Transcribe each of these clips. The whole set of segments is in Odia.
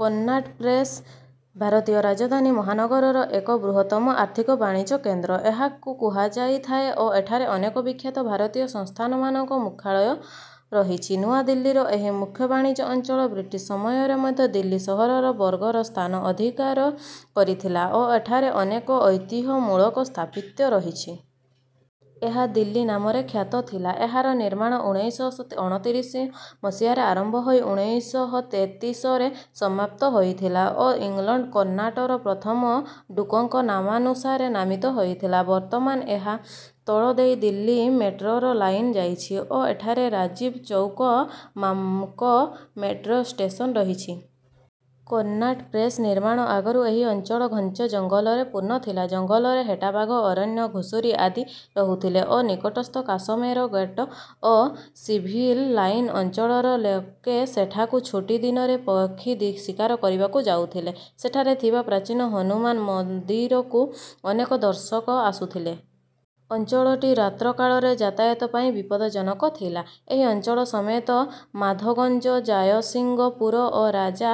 କନ୍ନାଟ ପ୍ଲେସ ଭାରତୀୟ ରାଜଧାନୀ ମହାନଗରର ଏକ ବୃହତ୍ତମ ଆର୍ଥିକ ବାଣିଜ୍ୟିକ କେନ୍ଦ୍ର। ଏହାକୁ କୁହାଯାଇଥାଏ ଓ ଏଠାରେ ଅନେକ ବିଖ୍ୟାତ ଭାରତୀୟ ସଂସ୍ଥାନ ମାନଙ୍କ ମୁଖ୍ୟାଳୟ ରହିଛି। ନୂଆ ଦିଲ୍ଲୀର ଏହି ମୁଖ୍ୟ ବାଣିଜ୍ୟ ଅଞ୍ଚଳ ବ୍ରିଟିଶ ସମୟରେ ମଧ୍ୟ ଦିଲ୍ଲୀ ସହରର ଗର୍ବର ସ୍ଥାନ ଅଧିକାର କରିଥିଲା ଓ ଏଠାରେ ଅନେକ ଐତିହ ମୂଳକ ସ୍ଥାପତ୍ୟ ରହିଛି। ଏହା ଦିଲ୍ଲୀ ନାମରେ ଖ୍ୟାତ ଥିଲା। ଏହାର ନିର୍ମାଣ ଉଣେଇଶ ଶହ ଅଣତିରିଶ ମସିହାରେ ଆରମ୍ଭ ହେଇ ଉଣେଇଶ ଶହ ତେତିଶରେ ସମାପ୍ତ ହେଇଥିଲା ଓ ଇଂଲଣ୍ଡ କନ୍ନାଟର ପ୍ରଥମ ଡୂକଙ୍କ ନାମାନୁସାରେ ନମିତା ହେଇଥିଲା। ବର୍ତମାନ ଏହା ତଳ ଦେଇ ଦିଲ୍ଲୀ ମେଟ୍ରୋର ଲାଇନ ଯାଇଛି ଓ ଏଠାରେ ରାଜୀବ ଚୌକ ମ୍ନାମକ ମେଟ୍ରୋ ଷ୍ଟେସନ ରହିଛି। କନ୍ନାଟ ପ୍ଲେସ ନିର୍ମାଣ ଆଗରୁ ଏହି ଅଞ୍ଚଳ ଘଞ୍ଚ ଜଙ୍ଗଲରେ ପୂର୍ଣ ଥିଲା। ଜଙ୍ଗଲରେ ହେଟାବାଘ ଅରଣ୍ୟ ଘୁଷୁରି ଆଦି ରହୁଥିଲେ ଓ ନିକଟସ୍ଥ କାଶମେର ଗେଟ ଓ ସିଭିଲ ଲାଇନ ଅଞ୍ଚଳର ଲୋକେ ସେଠାକୁ ଛୁଟି ଦିନରେ ପକ୍ଷୀ ଶିକାର କରିବାକୁ ଯାଉଥିଲେ। ସେଠାରେ ଥିବା ପ୍ରାଚୀନ ହନୁମାନ ମଦିରକୁ ଅନେକ ଦର୍ଶକ ଆସୁଥିଲେ। ଅଞ୍ଚଳଟି ରାତ୍ର କଳାରେ ଯାତାୟାତ ପାଇଁ ବିପଦଜନକ ଥିଲା। ଏହି ଅଞ୍ଚଳ ସମେତ ମାଧୋଗଞ୍ଜ ଜାୟସିଙ୍ଗ ପୁର ଓ ରାଜା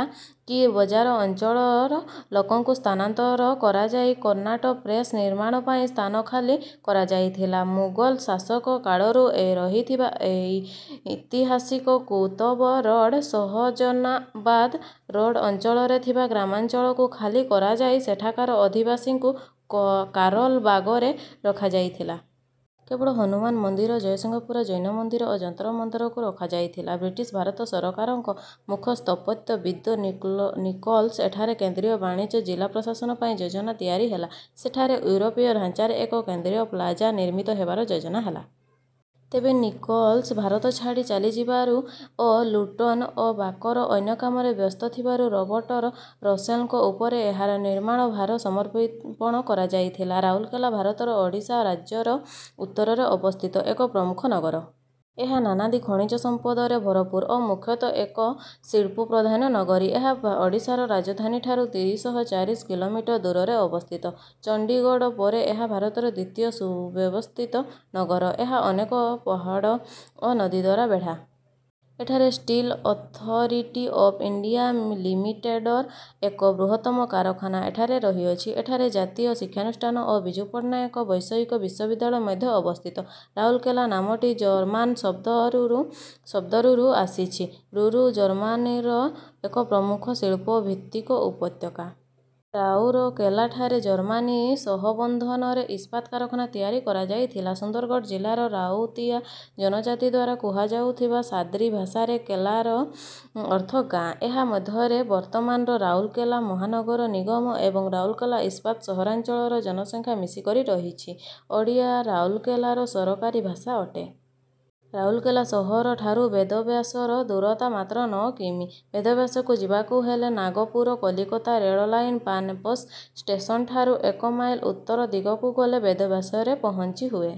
କି ବଜାର ଅଞ୍ଚଳର ଲୋକଙ୍କୁ ସ୍ଥାନାନ୍ତର କରାଯାଇ କନ୍ନାଟ ପ୍ଲେସ ନିର୍ମାଣ ପାଇଁ ସ୍ଥାନ ଖାଲି କରାଯାଇଥିଲା। ମୁଗଲ ଶାସକ କାଳରୁ ରହିଥିବା ଏଇ ଇତିହାସିକ କୁତବ ରୋଡ ସହଜନାବାଦ ରୋଡ ଅଞ୍ଚଳରେ ଥିବା ଗ୍ରାମାଞ୍ଚଳକୁ ଖାଲି କରାଯାଇ ସେଠାକାର ଅଧିବାଶିଙ୍କୁ କାରୋଲ ବାଗରେ ରଖାଯାଇଥିଲା। କେବଳ ହନୁମାନ ମନ୍ଦିର ଜୟସିଙ୍ଘ ପୁରା ଜୈନ ମନ୍ଦିର ଓ ଯନ୍ତର ମନ୍ଥରକୁ ରଖାଯାଇଥିଲା। ବ୍ରିଟିଶ ଭାରତ ସରକାର ଙ୍କ ମୁଖ୍ୟ ସ୍ଥପତ୍ୟ ବିଦ ନିକୋଲ୍ସ ଏଠାରେ କେନ୍ଦ୍ରୀୟ ବାଣିଜ୍ୟ ଜିଲ୍ଲା ସ୍ଥାପନ ପାଇଁ ଯୋଜନା ତିଆରି ହେଲା। ସେଠାରେ ଉରୋପୀୟ ଢାଞ୍ଚାରେ ଏକ କେନ୍ଦ୍ରୀୟ ପ୍ଲାଜା ନିର୍ମିତ ହେବାର ଯୋଜନା ହେଲା। ତେବେ ନିକୋଲ୍ସ ଭାରତ ଛାଡି ଚାଲି ଯିବାରୁ ଓ ଲୁଟ୍ୟେନ ଓ ବାକର ଅନ୍ୟ କାମରେ ବ୍ୟସ୍ତ ଥିବାରୁ ରବର୍ଟ ଟର ରସେଲ ଙ୍କ ଉପରେ ଏହାର ନିର୍ମାଣ ଭାର ସମର୍ପଣ କରାଯାଇଥିଲା। ରାଉରକେଲା ଭାରତର ଓଡ଼ିଶା ରାଜ୍ୟର ଉତ୍ତରରେ ଅବସ୍ଥିତ ଏକ ପ୍ରମୁଖ ନଗର। ଏହା ନାନାଦି ଖଣିଜ ସମ୍ପଦରେ ଭରପୁର ଓ ମୁଖ୍ୟତଃ ଏକ ଶିଳ୍ପ ପ୍ରଧାନ ନଗରୀ। ଏହା ଓଡ଼ିଶାର ରାଜଧାନୀ ଠାରୁ ତିନିଶହ ଚାଳିଶ କିଲୋମିଟର ଦୂରରେ ଅବସ୍ଥିତ। ଚଣ୍ଡୀଗଡ଼ ପରେ ଏହା ଭାରତର ଦ୍ୱିତୀୟ ସୁବ୍ୟବସ୍ଥିତ ନଗର। ଏହା ଅନେକ ପାହାଡ଼ ଓ ନଦୀଦ୍ୱାରା ବେଢା। ଏଠାରେ ଷ୍ଟିଲ ଅଥରିଟି ଅଫ ଇଣ୍ଡିଆ ଲିମିଟେଡ଼ର ଏକ ବୃହତ୍ତମ କାରଖାନା ଏଠାରେ ରହିଅଛି। ଏଠାରେ ଜାତୀୟ ଶିକ୍ଷାନୁଷ୍ଠାନ ଓ ବିଜୁ ପଟ୍ଟନାୟକ ବୈଷୟିକ ବିଶ୍ୱବିଦ୍ୟାଳୟ ମଧ୍ୟ ଅବସ୍ଥିତ। ରାଉରକେଲା ନାମଟି ଜର୍ମାନ ଶବ୍ଦ ରୁରୁ ଶବ୍ଦରୁରୁ ଆସିଛି। ରୁରୁ ଜର୍ମାନୀର ଏକ ପ୍ରମୁଖ ଶିଳ୍ପ ଭିତ୍ତିକ ଉପତ୍ୟାକା। ରାଉଅରକେଲାଠାରେ ଜର୍ମାନୀ ସହବନ୍ଧନରେ ଇସ୍ପାତ କାରଖାନା ତିଆରି କରାଯାଇଥିଲା। ସୁନ୍ଦରଗଡ଼ ଜିଲାର ରାଉତିଆ ଜନଜାତିଦ୍ୱାରା କୁହାଯାଉଥିବା ସାଦ୍ରି ଭାଷାରେ କେଲାର ଅର୍ଥ ଗାଆଁ । ଏହା ମଧ୍ୟରେ ବର୍ତ୍ତମାନର ରାଉରକେଲା ମାହନଗର ନିଗମ ଏବଂ ରାଉରକେଲା ଇସ୍ପାତ ସହରାଞ୍ଚଳର ଜନସଂଖ୍ୟା ମିଶିକରି ରହିଛି। ଓଡ଼ିଆ ରାଉରକେଲାର ସରକାରୀ ଭାଷା ଅଟେ। ରାଉରକେଲା ସହର ଠାରୁ ବେଦବ୍ୟାସର ଦୂରତା ମାତ୍ର ନଅ କି. ମି. ବେଦବ୍ୟାସକୁ ଯିବାକୁ ହେଲେ ନାଗପୁର କଲିକତା ରେଳ ଲାଇନର ପାନପୋଷ ଷ୍ଟେସନଠାରୁ ଏକ ମାଇଲ ଉତ୍ତର ଦିଗକୁ ଗଲେ ବେଦବ୍ୟାସରେ ପହଞ୍ଚି ହୁଏ।